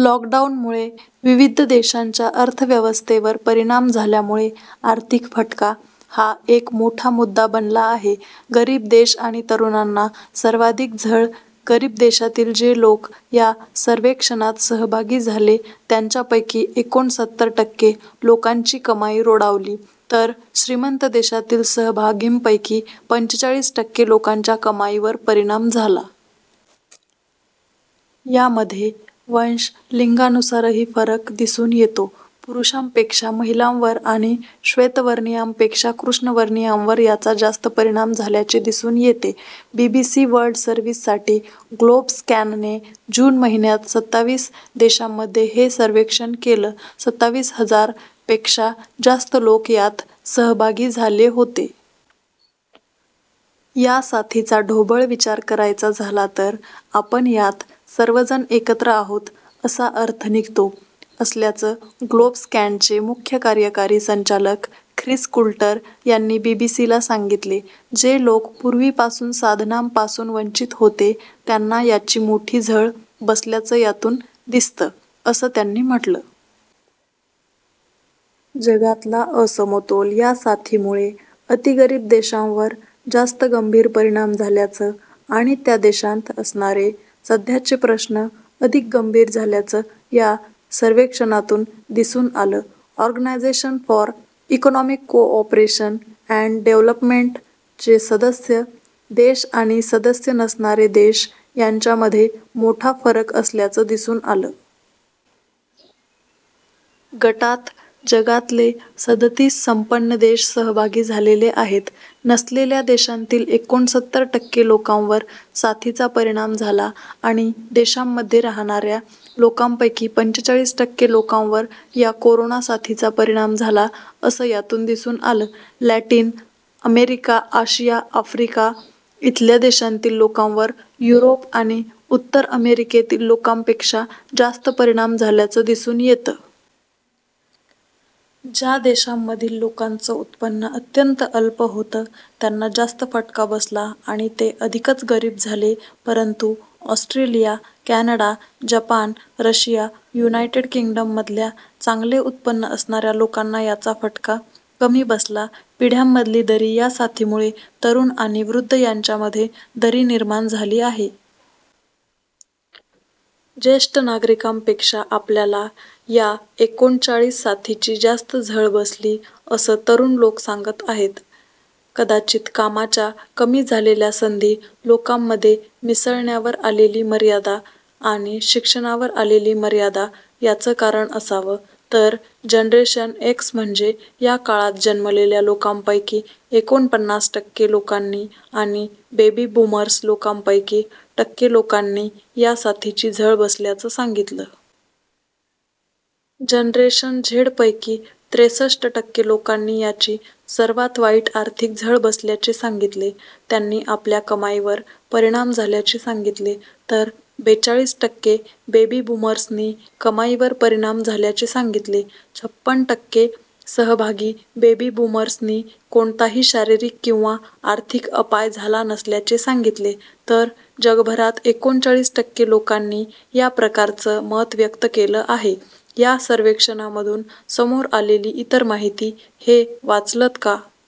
लॉकडाऊनमुळे विविध देशांच्या अर्थव्यवस्थेवर परिणाम झाल्यामुळे आर्थिक फटका हा एक मोठा मुद्दा बनला आहे. गरीब देश आणि तरुणांना सर्वाधिक झळ गरीब देशातील जे लोक या सर्वेक्षणात सहभागी झाले त्यांच्यापैकी एकोणसत्तर टक्के लोकांची कमाई रोडावली, तर श्रीमंत देशातील सहभागींपैकी पंचेचाळीस टक्के लोकांच्या कमाईवर परिणाम झाला. यामध्ये वंश, लिंगानुसारही फरक दिसून येतो. पुरुषांपेक्षा महिलांवर आणि श्वेतवर्णियांपेक्षा कृष्णवर्णियांवर याचा जास्त परिणाम झाल्याचे दिसून येते. बीबीसी वर्ल्ड सर्व्हिससाठी ग्लोबस्कॅनने जून महिन्यात सताविस देशांमध्ये हे सर्वेक्षण केलं. सताविस हजार पेक्षा जास्त लोक यात सहभागी झाले होते. या साथीचा ढोबळ विचार करायचा झाला तर आपण यात सर्वजण एकत्र आहोत असा अर्थ निघतो असल्याचं ग्लोबस्कॅनचे मुख्य कार्यकारी संचालक ख्रिस कुल्टर यांनी बीबीसीला सांगितले. जे लोक पूर्वीपासून साधनांपासून वंचित होते त्यांना याची मोठी झळ बसल्याचं यातून दिसतं, असं त्यांनी म्हटलं. जगातला असमतोल या साथीमुळे अतिगरीब देशांवर जास्त गंभीर परिणाम झाल्याचं आणि त्या देशांत असणारे सध्याचे प्रश्न अधिक गंभीर झाल्याचं या सर्वेक्षणातून दिसून आलं. Organisation for economic cooperation and development चे सदस्य देश आणि सदस्य नसणारे देश यांच्यामध्ये मोठा फरक असल्याचं दिसून आलं. गटात जगातले सदतीस संपन्न देश सहभागी झालेले आहेत. नसलेल्या देशांतील एकोणसत्तर टक्के लोकांवर साथीचा परिणाम झाला आणि देशांमध्ये राहाणाऱ्या लोकांपैकी पंचेचाळीस टक्के लोकांवर या कोरोना साथीचा परिणाम झाला असं यातून दिसून आलं. लॅटिन अमेरिका, आशिया, अफ्रिका इथल्या देशांतील लोकांवर युरोप आणि उत्तर अमेरिकेतील लोकांपेक्षा जास्त परिणाम झाल्याचं दिसून येतं. ज्या देशांमधील लोकांचं उत्पन्न अत्यंत अल्प होतं त्यांना जास्त फटका बसला आणि ते अधिकच गरीब झाले. परंतु Australia, Canada, Japan, Russia, United किंग्डममधल्या चांगले उत्पन्न असणाऱ्या लोकांना याचा फटका कमी बसला. पिढ्यांमधली दरी या साथीमुळे तरुण आणि वृद्ध यांच्यामध्ये दरी निर्माण झाली आहे. ज्येष्ठ नागरिकांपेक्षा आपल्याला याएकोणचाळीस साथीची जास्त झळ बसली, असं तरुण लोक सांगत आहेत. कदाचित कामाच्या कमी झालेल्या संधी, लोकांमध्ये मिसळण्यावर आलेली मर्यादा आणि शिक्षणावर आलेली मर्यादा याचं कारण असावं. तर जनरेशन एक्स म्हणजे या काळात जन्मलेल्या लोकांपैकी एकोणपन्नास टक्के लोकांनी आणि बेबी बूमर्स लोकांपैकी टक्के लोकांनी या साथीची झळ बसल्याचं सांगितलं. जनरेशन झेडपैकी त्रेसष्ट टक्के लोकांनी याची सर्वात वाईट आर्थिक झळ बसल्याचे सांगितले. त्यांनी आपल्या कमाईवर परिणाम झाल्याचे सांगितले. तर बेचाळीस टक्के बेबी बूमर्सनी कमाईवर परिणाम झाल्याचे सांगितले. छपण टक्के सहभागी बेबी बूमर्सनी कोणताही शारीरिक किंवा आर्थिक अपाय झाला नसल्याचे सांगितले, तर जगभरात एकोणचाळीस टक्के लोकांनी या प्रकारचं मत व्यक्त केलं आहे. या सर्वेक्षणामधून समोर आलेली इतर माहिती हे वाचलंत का?